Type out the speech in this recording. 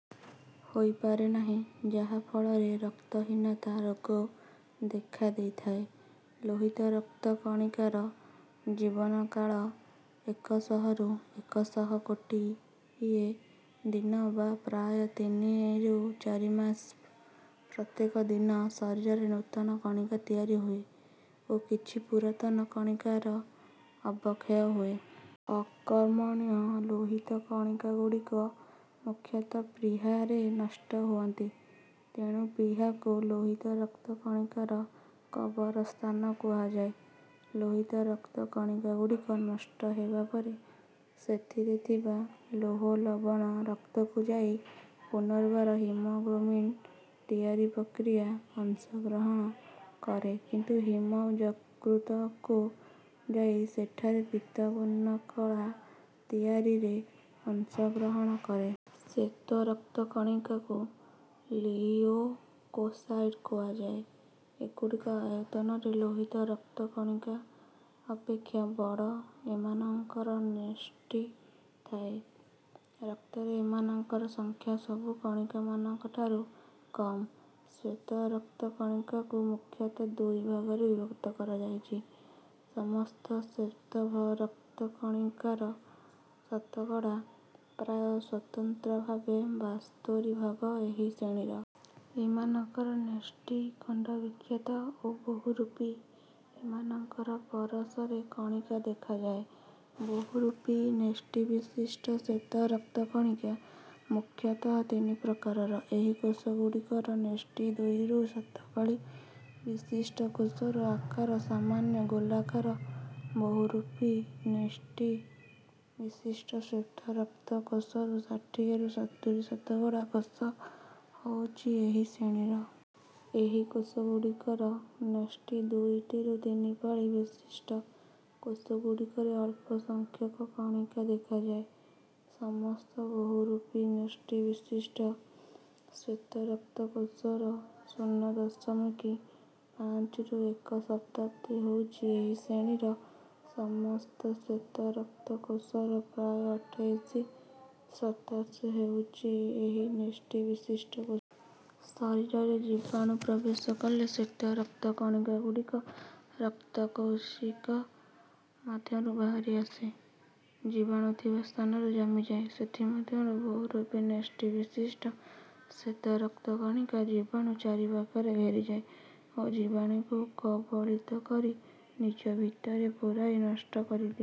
ହୋଇପାରେ ନାହିଁ ଯାହା ଫଳରେ ରକ୍ତହୀନତା ରୋଗ ଦେଖା ଦେଇଥାଏ। ଲୋହିତ ରକ୍ତ କଣିକାର ଜୀବନକାଳ ଏକ ଶହରୁ ଏକ ଶହ କୋଡ଼ିଏ ଦିନ ବା ପ୍ରାୟ ତିନିରୁ ଚାରି ମାସ। ପ୍ରତ୍ୟେକ ଦିନ ଶରୀରରେ ନୂତନ କଣିକା ତିଆରି ହୁଏ ଓ କିଛି ପୁରାତନ କଣିକାର ଅବକ୍ଷୟ ହୁଏ। ଅକର୍ମଣ୍ୟ ଲୋହିତ କଣିକାଗୁଡ଼ିକ ମୁଖ୍ୟତଃ ପ୍ଳୀହାରେ ନଷ୍ଟ ହୁଅନ୍ତି। ତେଣୁ ପ୍ଳୀହାକୁ ଲୋହିତରକ୍ତ କଣିକାର କବରସ୍ଥାନ କୁହାଯାଏ। ଲୋହିତରକ୍ତ କଣିକାଗୁଡ଼ିକ ନଷ୍ଟ ହେବାପରେ ସେଥିରେ ଥିବା ଲୌହଲବଣ ରକ୍ତକୁ ଯାଇ ପୁନର୍ବାର ହିମୋଗ୍ଲୋବିନ ତିଆରି ପ୍ରକ୍ରିୟାରେ ଅଂଶଗ୍ରହଣ କରେ କିନ୍ତୁ ହିମ ଯକୃତକୁ ଯାଇ ସେଠାରେ ପିତ୍ତ ବର୍ଣ୍ଣକଣା ତିଆରିରେ ଅଂଶଗ୍ରହଣ କରେ। ଶ୍ୱେତ ରକ୍ତ କଣିକାକୁ ଲିଉକୋସାଇଟ କୁହାଯାଏ। ଏଗୁଡ଼ିକ ଆୟତନରେ ଲୋହିତ ରକ୍ତ କଣିକା ଅପେକ୍ଷା ବଡ଼। ଏମାନଙ୍କର ନ୍ୟଷ୍ଟି ଥାଏ। ରକ୍ତରେ ଏମାନଙ୍କର ସଂଖ୍ୟାସବୁ କଣିକାମାନଙ୍କ ଠାରୁ କମ। ଶ୍ୱେତ ରକ୍ତ କଣିକାକୁ ମୁଖ୍ୟତଃ ଦୁଇ ଭାଗରେ ବିଭକ୍ତ କରାଯାଇଛି ସମସ୍ତ ଶ୍ୱେତ ରକ୍ତ କଣିକାର ଶତକଡ଼ା ପ୍ରାୟ ସ୍ୱତନ୍ତ୍ର ଭାବେ ବାସ୍ତରି ଭାଗ ଏହି ଶ୍ରେଣୀର। ଏମାନଙ୍କର ନ୍ୟଷ୍ଟି ଖଣ୍ଡବିଖଣ୍ଡିତ ଓ ବହୁରୂପୀ। ଏମାନଙ୍କର ପ୍ରରସ ରେ କଣିକା ଦେଖାଯାଏ। ବହୁରୂପୀ ନ୍ୟଷ୍ଟିବିଶିଷ୍ଟ ଶ୍ୱେତ ରକ୍ତ କଣିକା ମୁଖ୍ୟତଃ ତିନି ପ୍ରକାରର ଏହି କୋଷଗୁଡ଼ିକର ନ୍ୟଷ୍ଟି ଦୁଇରୁ ସାତ ପାଳି ବିଶିଷ୍ଟ। କୋଷର ଆକାର ସାମାନ୍ୟ ଗୋଲାକାର। ବହୁରୂପୀ ନ୍ୟଷ୍ଟି ବିଶିଷ୍ଟ ଶ୍ୱେତ ରକ୍ତ କୋଷର ଷାଠିଏରୁ ସତୁରି ଶତକଡ଼ା କୋଷ ହେଉଛି ଏହି ଶ୍ରେଣୀର। ଏହି କୋଷଗୁଡ଼ିକର ନ୍ୟଷ୍ଟି ଦୁଇରୁ ତିନି ପାଳି ବିଶିଷ୍ଟ। କୋଷଗୁଡ଼ିକରେ ଅଳ୍ପ ସଂଖ୍ୟକ କଣିକା ଦେଖାଯାଏ। ସମସ୍ତ ବହୁରୂପୀ ନ୍ୟଷ୍ଟିବିଶିଷ୍ଟ ଶ୍ୱେତରକ୍ତ କୋଷର ଶୂନ ଦଶମିକ ପାଞ୍ଚରୁ ଏକ ଶତାଂଶ ହେଉଛି ଏହି ଶ୍ରେଣୀର। ସମସ୍ତ ଶ୍ୱେତ ରକ୍ତ କୋଷର ପ୍ରାୟ ଅଠେଇଶ ଶତାଂଶ ହେଉଛି ଏକ ନ୍ୟଷ୍ଟିବିଶିଷ୍ଟ କୋଷ। ଶରୀରରେ ଜୀବାଣୁ ପ୍ରବେଶ କଲେ ଶ୍ୱେତ ରକ୍ତ କଣିକାଗୁଡ଼ିକ ରକ୍ତ କୈଶିକ ମଧ୍ୟରୁ ବାହାରି ଆସି ଜୀବାଣୁ ଥିବା ସ୍ଥାନରେ ଜମିଯାଏ। ସେଥିମଧ୍ୟରୁ ବହୁରୂପୀ ନ୍ୟଷ୍ଟିବିଶିଷ୍ଟ ଶ୍ୱେତ ରକ୍ତ କଣିକା ଜୀବାଣୁ ଚାରିପାଖରେ ଘେରିଯାଏ ଓ ଜୀବାଣୁକୁ କବଳିତ କରି ନିଜ ଭିତରେ ପୁରାଇ ନଷ୍ଟ କରିଦିଏ।